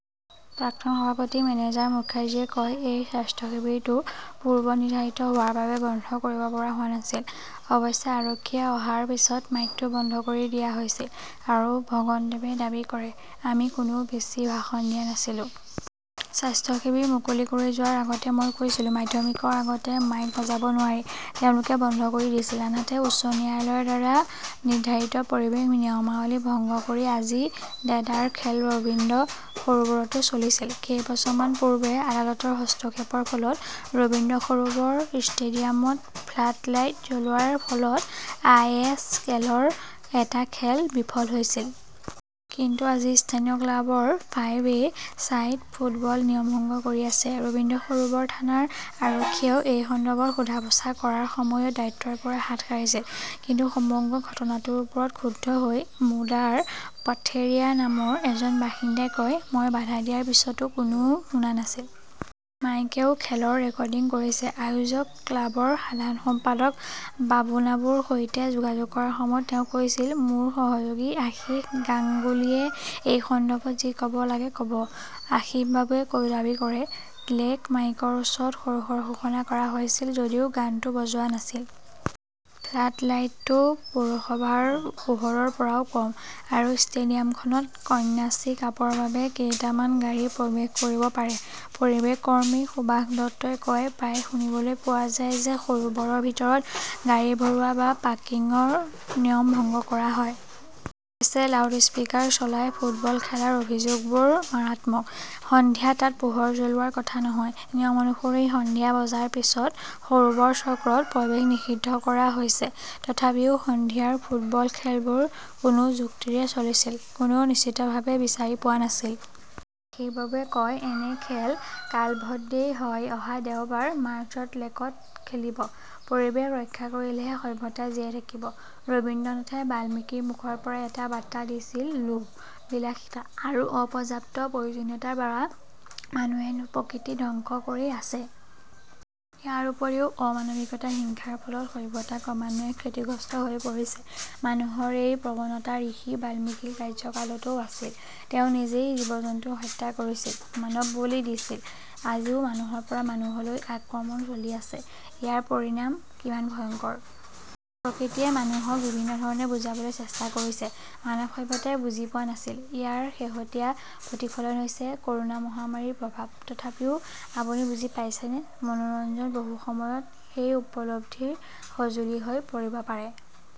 প্ৰাক্তন সভাপতি মেনেজাৰ মুখাৰ্জীয়ে কয়, এই স্বাস্থ্য শিবিৰটো পূৰ্ব নিৰ্ধাৰিত হোৱাৰ বাবে বন্ধ কৰিব পৰা হোৱা নাছিল। অৱশ্যে আৰক্ষীয়ে অহাৰ পিছত মাইকটো বন্ধ কৰি দিয়া হৈছিল। আৰু ভগনদেৱে দাবী কৰে, আমি কোনেও বেছি ভাষণ দিয়া নাছিলো। স্বাস্থ্য শিবিৰ মুকলি কৰি যোৱাৰ আগতে মই কৈছিলো, মাধ্যমিকৰ আগতে মাইক বজাব নোৱাৰি। তেওঁলোকে বন্ধ কৰি দিছিল। আনহাতে, উচ্চ ন্যায়ালয়ৰ দ্বাৰা নিৰ্ধাৰিত পৰিৱেশ নিয়মাৱলী ভংগ কৰি আজি দেদাৰ খেল ৰবীন্দ্ৰ সৰোবৰতো চলিছিল। কেইবছৰমান পূৰ্বে আদালতৰ হস্তক্ষেপৰ ফলত ৰবীন্দ্ৰ সৰোবৰ ষ্টেডিয়ামত ফ্লাডলাইট জ্বলোৱাৰ ফলত আই এছ এলৰ এটা খেল বিফল হৈছিল। কিন্তু আজি স্থানীয় ক্লাবৰ ফাইভ এ চাইড ফুটবল নিয়ম ভংগ কৰি আছে। ৰবীন্দ্ৰ সৰোবৰ থানাৰ আৰক্ষীয়েও এই সন্দৰ্ভত সোধা-পোছা কৰাৰ সময়ত দায়িত্বৰ পৰা হাত সাৰিছিল। কিন্তু সমগ্ৰ ঘটনাটোৰ ওপৰত ক্ষুব্ধ হৈ মুদাৰ পাথেৰিয়া নামৰ এজন বাসিন্দাই কয়, মই বাধা দিয়াৰ পিছতো কোনেও শুনা নাছিল। মাইকেও খেলৰ ৰেকৰ্ডিং কৰিছে। আয়োজক ক্লাবৰ সাধাৰণ সম্পাদক বাবুনাবুৰ সৈতে যোগাযোগ কৰাৰ সময়ত তেওঁ কৈছিল, মোৰ সহযোগী আশীষ গাংগুলীয়ে এই সন্দৰ্ভত যি ক'ব লাগে ক'ব। আশিসবাবুৱে দাবী কৰে, লেক মাইকৰ ওচৰত সৰু সৰু ঘোষণা কৰা হৈছিল যদিও গানটো বজোৱা নাছিল। ফ্লাডলাইটটো পৌৰসভাৰ পোহৰৰ পৰাও কম। আৰু ষ্টেডিয়ামখনত কন্যাশ্ৰী কাপৰ বাবে কেইটামান গাড়ী প্ৰৱেশ কৰিব পাৰে। পৰিৱেশ কৰ্মী সুভাষ দত্তই কয়, প্ৰায়ে শুনিবলৈ পোৱা যায় যে সৰোবৰৰ ভিতৰত গাড়ী ভৰোৱা বা পাৰ্কিংৰ নিয়ম ভংগ কৰা হয়। অৱশ্যে, লাউডস্পিকাৰ চলাই ফুটবল খেলাৰ অভিযোগবোৰ মাৰাত্মক। সন্ধিয়া তাত পোহৰ জ্বলোৱাৰ কথা নহয়। নিয়ম অনুসৰি সন্ধিয়া বজাৰ পিছত সৰোবৰ চক্ৰত প্ৰৱেশ নিষিদ্ধ কৰা হৈছে। তথাপিও সন্ধিয়াৰ ফুটবল খেলবোৰ কোনো যুক্তিৰে চলিছিল, কোনেও নিশ্চিতভাৱে বিচাৰি পোৱা নাছিল। আশীছবাবুৱে কয় এনে খেল কালেভদ্ৰেই হয় অহা দেওবাৰ, মাৰ্চত লেকত খেলিব। পৰিৱেশ ৰক্ষা কৰিলেহে সভ্যতা জীয়াই থাকিব, ৰবীন্দ্ৰনাথে বাল্মীকিৰ মুখৰ পৰা এটা বাৰ্তা দিছিল লোভ, বিলাসিতা আৰু অপৰ্যাপ্ত প্ৰয়োজনীয়তাৰ পৰা মানুহে প্ৰকৃতি ধ্বংস কৰি আছে। ইয়াৰ উপৰিও, অমানৱিকতা, হিংসাৰ ফলত সভ্যতা ক্ৰমান্বয়ে ক্ষতিগ্ৰস্ত হৈ পৰিছে। মানুহৰ এই প্ৰৱণতা ঋষি বাল্মীকিৰ কাৰ্যকালতও আছিল। তেওঁ নিজেই জীৱ-জন্তু হত্যা কৰিছিল, মানৱ বলি দিছিল। আজিও মানুহৰ পৰা মানুহলৈ আক্ৰমণ চলি আছে। ইয়াৰ পৰিণাম কিমান ভয়ংকৰ। প্ৰকৃতিয়ে মানুহক বিভিন্ন ধৰণে বুজাবলৈ চেষ্টা কৰিছে। মানৱ সভ্যতাই বুজি পোৱা নাছিল। ইয়াৰ শেহতীয়া প্ৰতিফলন হৈছে কৰোনা মহামাৰীৰ প্ৰভাৱ। তথাপিও আপুনি বুজি পাইছেনে? মনোৰঞ্জন বহু সময়ত সেই উপলব্ধিৰ সঁজুলি হৈ পৰিব পাৰে।